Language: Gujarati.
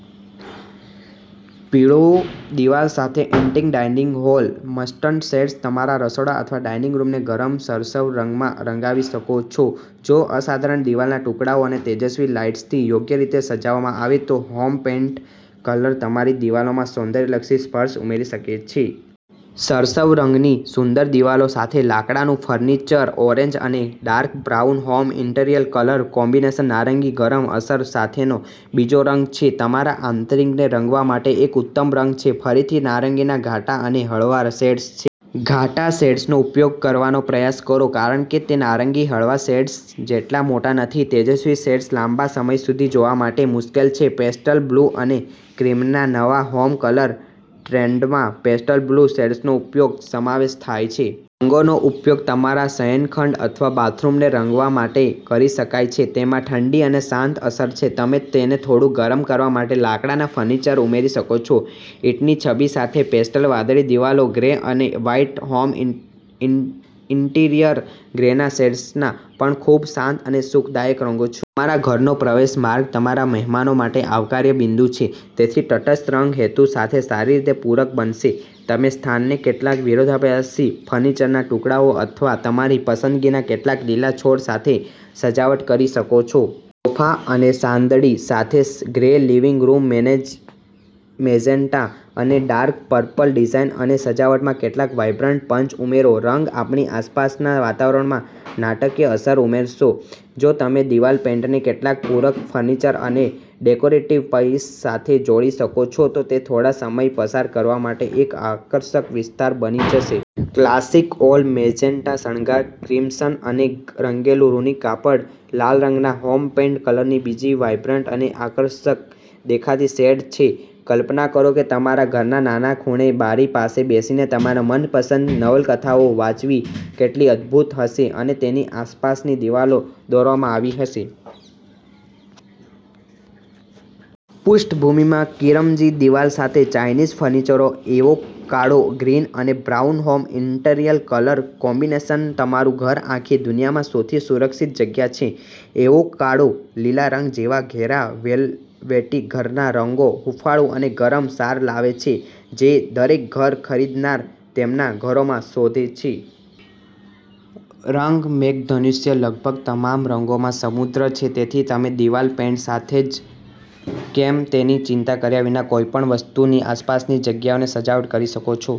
પીળી દિવાલો સાથે antique dining hall. Mustard shades તમે તમારા રસોડા અથવા ડાઇનિંગ રૂમને ગરમ સરસવના રંગમાં રંગાવી શકો છો. જો અસાધારણ દિવાલના ટુકડાઓ અને તેજસ્વી લાઇટ્સથી યોગ્ય રીતે સજાવવામાં આવે તો હોમ પેઇન્ટ કલર તમારી દિવાલોમાં સૌંદર્યલક્ષી સ્પર્શ ઉમેરી શકે છે. સરસવ રંગની સુંદર દિવાલો સાથે લાકડાનું ફર્નિચર ઓરેન્જ અને dark brown home interior colour combination નારંગી ગરમ અસર સાથેનો બીજો રંગ છે. તમારા આંતરિકને રંગવા માટે એક ઉત્તમ રંગ છે. ફરીથી, નારંગીના ઘાટા અને હળવા શેડ્સ છે. ઘાટા શેડ્સનો ઉપયોગ કરવાનો પ્રયાસ કરો કારણ કે તે નારંગીના હળવા શેડ્સ જેટલા મોટા નથી. તેજસ્વી શેડ્સ લાંબા સમય સુધી જોવા માટે મુશ્કેલ છે. પેસ્ટલ બ્લુ અને ક્રીમના નવા હોમ કલર ટ્રેન્ડમાં પેસ્ટલ બ્લુ શેડ્સનો સમાવેશ થાય છે. રંગોનો ઉપયોગ તમારા શયનખંડ અથવા બાથરૂમને રંગવા માટે કરી શકાય છે. તેમાં ઠંડી અને શાંત અસર છે. તમે તેને થોડું ગરમ કરવા માટે લાકડાના ફર્નિચર ઉમેરી શકો છો. ઈંટની છબી સાથે પેસ્ટલ વાદળી દિવાલો, ગ્રે અને વ્હાઇટ હોમ ઇન્ટિરિયર, ગ્રેના શેડ્સ પણ ખૂબ શાંત અને સુખદાયક રંગો છે. તમારા ઘરનો પ્રવેશ માર્ગ તમારા મહેમાનો માટે આવકાર્ય બિંદુ છે. તેથી, તટસ્થ રંગ હેતુ સાથે સારી રીતે પૂરક બનશે. તમે સ્થાનને કેટલાક વિરોધાભાસી ફર્નિચરના ટુકડાઓ અથવા તમારી પસંદગીના કેટલાક લીલા છોડ સાથે સજાવટ કરી શકો છો. સોફા અને સાદડી સાથે ગ્રે, લિવિંગ રૂમ મેજેન્ટા અને ડાર્ક પર્પલ ડિઝાઇન અને સજાવટમાં કેટલાક વાઇબ્રન્ટ પંચ ઉમેરો. રંગ આપણી આસપાસના વાતાવરણમાં નાટકીય અસર ઉમેરશે. જો તમે દિવાલ પેઇન્ટને કેટલાક પૂરક ફર્નિચર અને ડેકોરેટિવ પીસ સાથે જોડી શકો છો, તો તે થોડો સમય પસાર કરવા માટે એક આકર્ષક વિસ્તાર બની જશે. ક્લાસિક ઓલ-મેજેન્ટા શણગાર, ક્રિમસન અને રંગેલું ઊની કાપડ, લાલ રંગના હોમ પેઈન્ટ કલરની બીજી વાઈબ્રન્ટ અને આકર્ષક દેખાતી શેડ છે. કલ્પના કરો કે તમારા ઘરના નાના ખૂણે બારી પાસે બેસીને તમારી મનપસંદ નવલકથાઓ વાંચવી કેટલી અદ્ભુત હશે અને તેની આસપાસની દીવાલો દોરવામાં આવી હશે. પૃષ્ઠભૂમિમાં કિરમજી દિવાલ સાથે ચાઇનીઝ ફર્નિચર એવોકાડો ગ્રીન અને brown home interior colour combination તમારું ઘર આખી દુનિયામાં સૌથી સુરક્ષિત જગ્યા છે. એવોકાડો લીલા રંગ જેવા ઘેરા વેલ્વેટી ઘરના રંગો હૂંફાળું અને ગરમ સાર લાવે છે જે દરેક ઘર ખરીદનાર તેમના ઘરોમાં શોધે છે. રંગ મેઘધનુષ્યના લગભગ તમામ રંગોમાં સમૃદ્ધ છે. તેથી, તમે દિવાલ પેઇન્ટ સાથે જશે કે કેમ તેની ચિંતા કર્યા વિના કોઈપણ વસ્તુથી આસપાસની જગ્યાને સજાવટ કરી શકો છો.